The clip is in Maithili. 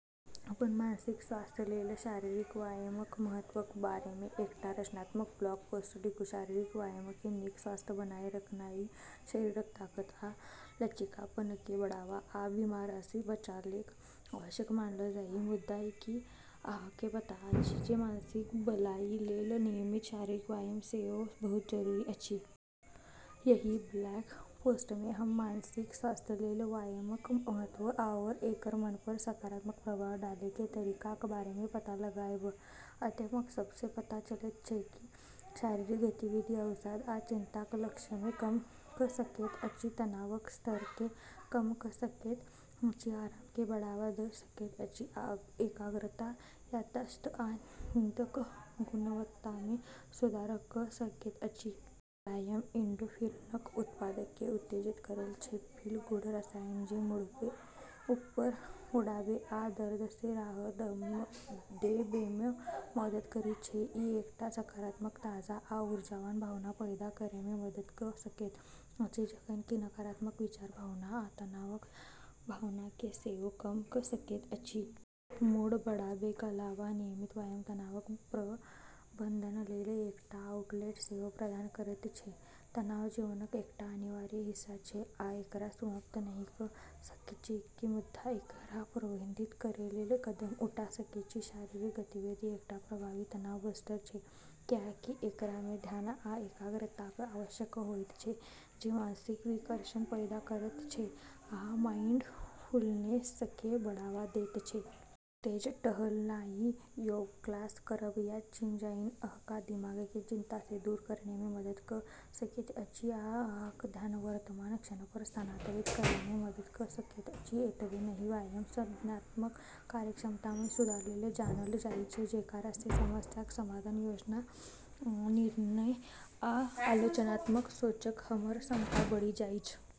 अपन मानसिक स्वास्थ्यलेल शारीरिक व्यायामक महत्वक बारेमे एकटा रचनात्मक ब्लॉग पोस्ट लिखू। शारीरिक व्यायामकेँ नीक स्वास्थ्य बनाए रखनाइ, शरीरक ताकत आ लचीलापनकेँ बढ़ावा, आ बीमारीसँ बचावलेल आवश्यक मानल जाइछ। मुदा, की अहाँकेँ पता अछि जे मानसिक भलाईलेल नियमित शारीरिक व्यायाम सेहो बहुत जरूरी अछि? एहि ब्लॉग पोस्टमे हम मानसिक स्वास्थ्यलेल व्यायामक महत्व आओर एकर मनपर सकारात्मक प्रभाव डालैकेँ तरीकाक बारेमे पता लगायब। अध्ययन सभसँ पता चलैत छै कि शारीरिक गतिविधि अवसाद आ चिंताक लक्षणकेँ कम कऽ सकैत अछि, तनावक स्तरकेँ कम कऽ सकैत अछि, आरामकेँ बढ़ावा दऽ सकैत अछि आ एकाग्रता, याददाश्त आ नींदक गुणवत्तामे सुधार कऽ सकैत अछि। व्यायाम एंडोर्फिनक उत्पादनकेँ उत्तेजित करैत छै-'फील-गुड' रसायन जे मूडकेँ ऊपर उठाबै आ दर्दसँ राहत देबैमे मदद करैत छै। ई एकटा सकारात्मक, ताजा आ ऊर्जावान भावना पैदा करैमे मदद कऽ सकैत अछि, जखन कि नकारात्मक विचार, भावना आ तनावक भावनाकेँ सेहो कम कऽ सकैत अछि। मूड बढ़ाबैकेँ अलावा नियमित व्यायाम तनावक प्रबंधनलेल एकटा आउटलेट सेहो प्रदान करैत छै। तनाव जीवनक एकटा अनिवार्य हिस्सा छै, आ एकरा समाप्त नहि कऽ सकैछी, मुदा एकरा प्रबंधित करैलेल कदम उठा सकैछी। शारीरिक गतिविधि एकटा प्रभावी तनाव बस्टर छै, कियाकि एकरामे ध्यान आ एकाग्रताक आवश्यकता होइत छै, जे मानसिक विकर्षण पैदा करैत छै आ माइंडफुलनेसकेँ बढ़ावा दैत छै। तेज टहलनाइ, योग क्लास करब या जिम जानाइ अहाँक दिमागकेँ चिंतासँ दूर करैमे मदद कऽ सकैत अछि आ अहाँक ध्यान वर्तमान क्षणपर स्थानांतरित करैमे मदद कऽ सकैत अछि। एतबे नहि, व्यायाम संज्ञानात्मक कार्यक्षमतामे सुधारलेल जानल जाइछ, जेकरासँ समस्याक समाधान, योजना, निर्णय, आ आलोचनात्मक सोचक हमर क्षमता बढ़ि जाइछ।